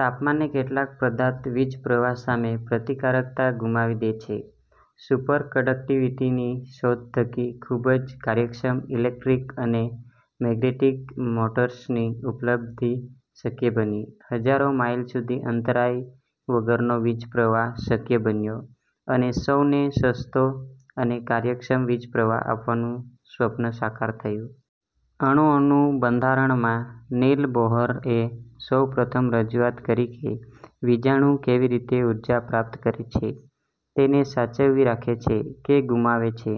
તાપમાને કેટલાક પદાર્થ વીજપ્રવાહ સામે પ્રતિકારકતા ગુમાવી દે છે. સુપર કંડકટીવીટીની શોધ થકી ખુબ જ કાર્યક્ષમ ઇલેક્ટ્રિક અને મેગ્નેટિક મોટર્સની ઉપલબ્ધી શક્ય બની. હજારો માઈલ સુધી અંતરાય વગરનો વીજપ્રવાહ શક્ય બન્યો અને સૌને સસ્તો અને કાર્યક્ષમ વીજપ્રવાહ આપવાનું સ્વપ્ન સાકાર થયું. અણુઓનું બંધારણ માં નીલ બોહરએ સૌપ્રથમ રજૂઆત કરી કે વિજાણુ કેવી રીતે ઊર્જા પ્રાપ્ત કરે છે, તેને સાચવી રાખે છે કે ગુમાવે છે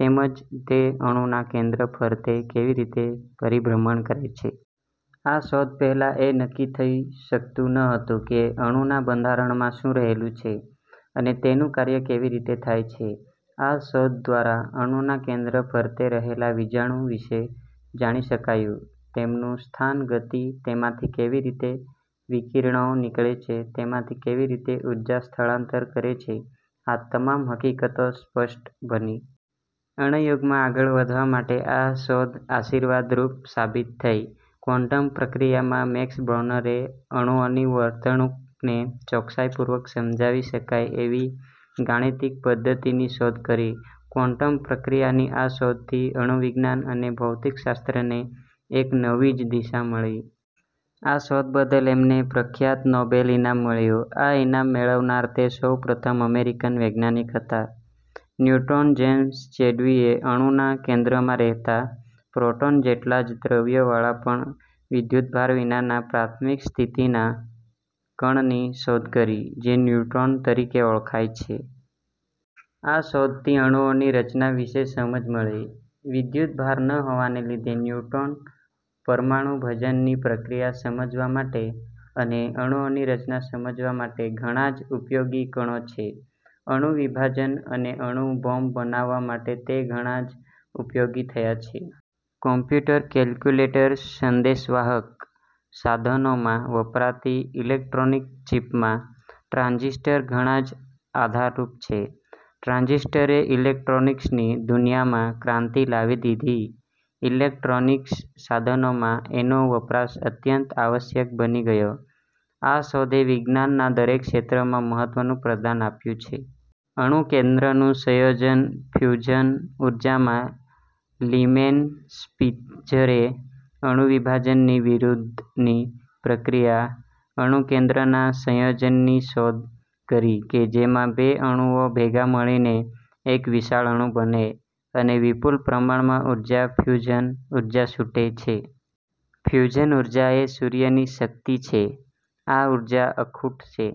તેમજ તે અણુના કેન્દ્ર ફરતે કેવી રીતે પરિભ્રમણ કરે છે. આ શોધ પહેલાં એ નક્કી થઇ શકતું નહોતું કે અણુના બંધારણમાં શું રહેલું છે અને તેનું કાર્ય કેવી રીતે થાય છે. આ શોધ દ્વારા અણુના કેન્દ્ર ફરતે રહેલા વિજાણુ વિષે જાણી શકાયું. તેમનું સ્થાન, ગતિ, તેમાંથી કેવી રીતે વિકિરણો નીકળે છે, તેમાંથી કેવી રીતે ઊર્જા સ્થળાંતર કરે છે આ તમામ હકીકતો સ્પષ્ટ બની. અણુયુગમાં આગળ વધવા માટે આ શોધ આશીર્વાદરૂપ સાબિત થઇ. ક્વોન્ટમ પ્રક્રિયા માં મેક્સ બોર્નએ અણુઓની વર્તણુકને ચોકસાઈપૂર્વક સમજાવી શકાય એવી ગાણિતિક પધ્ધતિની શોધ કરી. ક્વોન્ટમ પ્રક્રિયાની આ શોધથી અણુવિજ્ઞાન અને ભૌતિકશાસ્ત્રને એક નવી જ દિશા મળી. આ શોધ બદલ એમને પ્રખ્યાત નોબેલ ઇનામ મળ્યું. આ ઇનામ મેળવનાર તે સૌપ્રથમ અમેરિકન વૈજ્ઞાનિક હતા. ન્યુટ્રોન જેમ્સ ચેડવિકએ અણુના કેન્દ્રમાં રહેતા પ્રોટૉન જેટલા જ દ્રવ્યવાળા પણ વિદ્યુતભાર વિનાના પ્રાથમિક સ્થિતિના કણની શોધ કરી જે ન્યુટ્રોન તરીકે ઓળખાય છે. આ શોધથી અણુઓની રચના વિષે સમજ મળી. વિદ્યુતભાર ન હોવાને લીધે ન્યુટ્રોન, પરમાણુભંજનની પ્રક્રિયા સમજવા માટે અને અણુઓની રચના સમજવા માટે ઘણા જ ઉપયોગી કણો છે. અણુ વિભાજન અને અણુ બોમ્બ બનાવવા માટે તે ઘણા જ ઉપયોગી થયા છે. કોમ્પ્યુટર, કેલ્ક્યુલેટર, સંદેશવાહક સાધનોમાં વપરાતી ઈલેક્ટ્રોનિક ચીપમાં ટ્રાન્ઝીસ્ટર ઘણા જ આધારરૂપ છે. ટ્રાન્ઝીસ્ટરએ ઈલેક્ટ્રોનિકસની દુનિયામાં ક્રાંતિ લાવી દીધી. ઈલેક્ટ્રોનિકસ સાધનોમાં એનો વપરાશ અત્યંત આવશ્યક બની ગયો. આ શોધે વિજ્ઞાનના દરેક ક્ષેત્રમાં મહત્વનું પ્રદાન આપ્યું છે. અણુકેન્દ્રનું સંયોજન ફ્યુઝન ઊર્જા માં લીમેન સ્પીત્ઝરએ અણુવિભાજનથી વિરુદ્ધની પ્રક્રિયા અણુકેન્દ્રના સંયોજનની શોધ કરી કે જેમાં બે અણુઓ ભેગા મળીને એક વિશાળ અણુ બને છે અને વિપુલ પ્રમાણમાં ઊર્જા ફ્યુઝન ઊર્જા છૂટે છે. ફ્યુઝન ઊર્જા એ સૂર્યની શક્તિ છે. આ ઊર્જા અખૂટ છે।